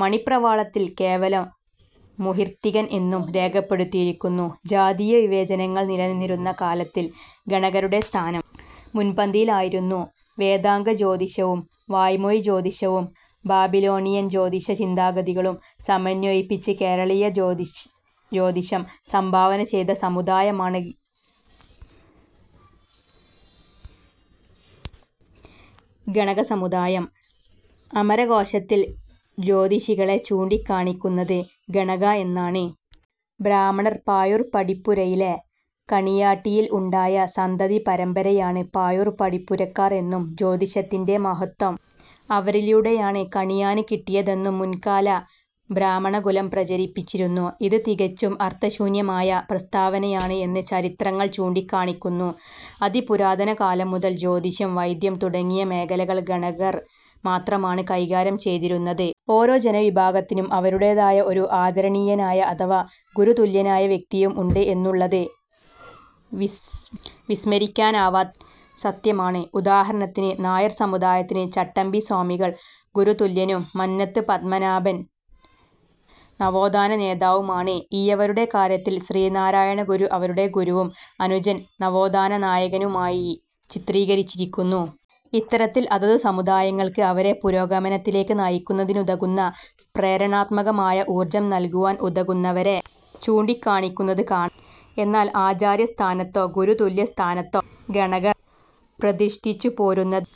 മണിപ്രവാളത്തിൽ കേവലം "മുഹിർത്തികൻ" എന്നും രേഖപ്പെടുത്തിയിരിക്കുന്നു. ജാതീയ വിവേചനങ്ങൾ നിലനിന്നിരുന്ന കാലത്തിൽ ഗണകരുടെ സ്ഥാനം മുൻപന്തിയിൽ ആയിരുന്നു. വേദാംഗ ജ്യോതിഷവും, വായ്മൊഴി ജ്യോതിഷവും, ബാബിലോണിയൻ ജ്യോതിഷ ചിന്താഗതികളും സമന്വയിപ്പിച്ചു കേരളീയ ജ്യോതിഷം സംഭാവന ചെയ്ത സമുദായമാണ് ഗണക സമുദായം. അമരകോശത്തിൽ ജ്യോതിഷികളെ ചൂണ്ടികാണിക്കുന്നത് ഗണകഃ എന്നാണ്. ബ്രാഹ്മണർ പാഴൂർ പടിപ്പുരയിലെ കണിയാട്ടിയിൽ ഉണ്ടായ സന്തതി പരമ്പരയാണ് പാഴൂർ പടിപ്പുരക്കാർ എന്നും ജ്യോതഷിത്തിന്റെ മഹത്ത്വം അവരിലൂടെയാണ് കണിയാന് കിട്ടിയതെന്നും മുൻകാല ബ്രാഹ്മണകുലം പ്രചരിപ്പിച്ചിരുന്നു. ഇത് തികച്ചും അർത്ഥശൂന്യമായ പ്രസ്താവനയാണ് എന്ന് ചരിത്രങ്ങൾ ചൂണ്ടികാണിയ്ക്കുന്നു. അതിപുരാതന കാലം മുതൽ, ജ്യോതിഷം, വൈദ്യം തുടങ്ങിയ മേഖലകൾ ഗണകർ മാത്രമാണ് കൈകാര്യം ചെയ്തിരുന്നത്. ഓരോ ജനവിഭാഗത്തിനും അവരുടേതായ ഒരു ആദരണീയനായ അഥവാ ഗുരുതുല്യനായ വ്യക്തിയും ഉണ്ട് എന്നുള്ളത് വിസ്മരിയ്ക്കാനാവാത്ത സത്യമാണ്. ഉദാഹരണത്തിന് നായർ സമുദായത്തിന് ചട്ടമ്പി സ്വാമികൾ ഗുരുതുല്യനും മന്നത്ത് പത്മനാഭൻ നവോത്ഥാന നേതാവും ആണ്. ഈഴവരുടെ കാര്യത്തിൽ ശ്രീനാരായണ ഗുരു അവരുടെ ഗുരുവും അനുജൻ നവോത്ഥാന നായകനുമായി ചിത്രീകരിച്ചിരിക്കുന്നു. ഇത്തരത്തിൽ അതതു സമുദായങ്ങൾക്ക് അവരെ പുരോഗമനത്തിലേക്ക് നയിക്കുന്നതിനുകതുന്ന പ്രേരണാത്മകമായ ഊർജ്ജം നല്കുവാൻ ഉതകുന്നവരെ ചൂണ്ടികാണിക്കുന്നതു കാണാം. എന്നാൽ ആചാര്യ സ്ഥാനത്തോ ഗുരുതുല്യ സ്ഥാനത്തോ ഗണകർ പ്രതിഷ്ഠിച്ചുപോരുന്നത്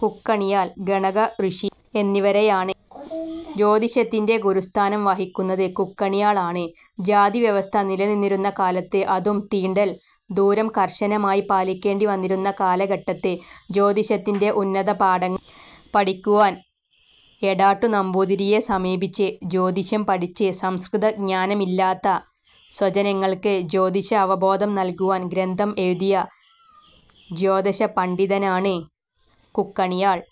കുക്കണിയാൾ, ഗണക ഋഷി എന്നിവരെയാണ്. ജ്യോതിഷത്തിന്റെ ഗുരുസ്ഥാനം വഹിക്കുന്നത് "കുക്കണിയാൾ" ആണ്. ജാതിവ്യവസ്ഥ നിലനിന്നിരുന്ന കാലത്ത്, അതും തീണ്ടൽ ദൂരം കർശനമായി പാലിക്കേണ്ടിവന്നിരുന്ന കാലഘട്ടത്ത് ജ്യോതിഷത്തിന്റെ ഉന്നത പാഠങ്ങൾ പഠിക്കുവാൻ എടാട്ടു നമ്പൂതിരിയെ സമീപിച്ച്, ജ്യോതിഷം പഠിച്ച്, സംസ്കൃത ജ്ഞാനമില്ലാത്ത സ്വജനങ്ങൾക്ക് ജ്യോതിഷ അവബോധം നല്കുവാൻ ഗ്രന്ഥം എഴുതിയ ജ്യോതഷ പണ്ഡിതനാണ് കുക്കണിയാൾ.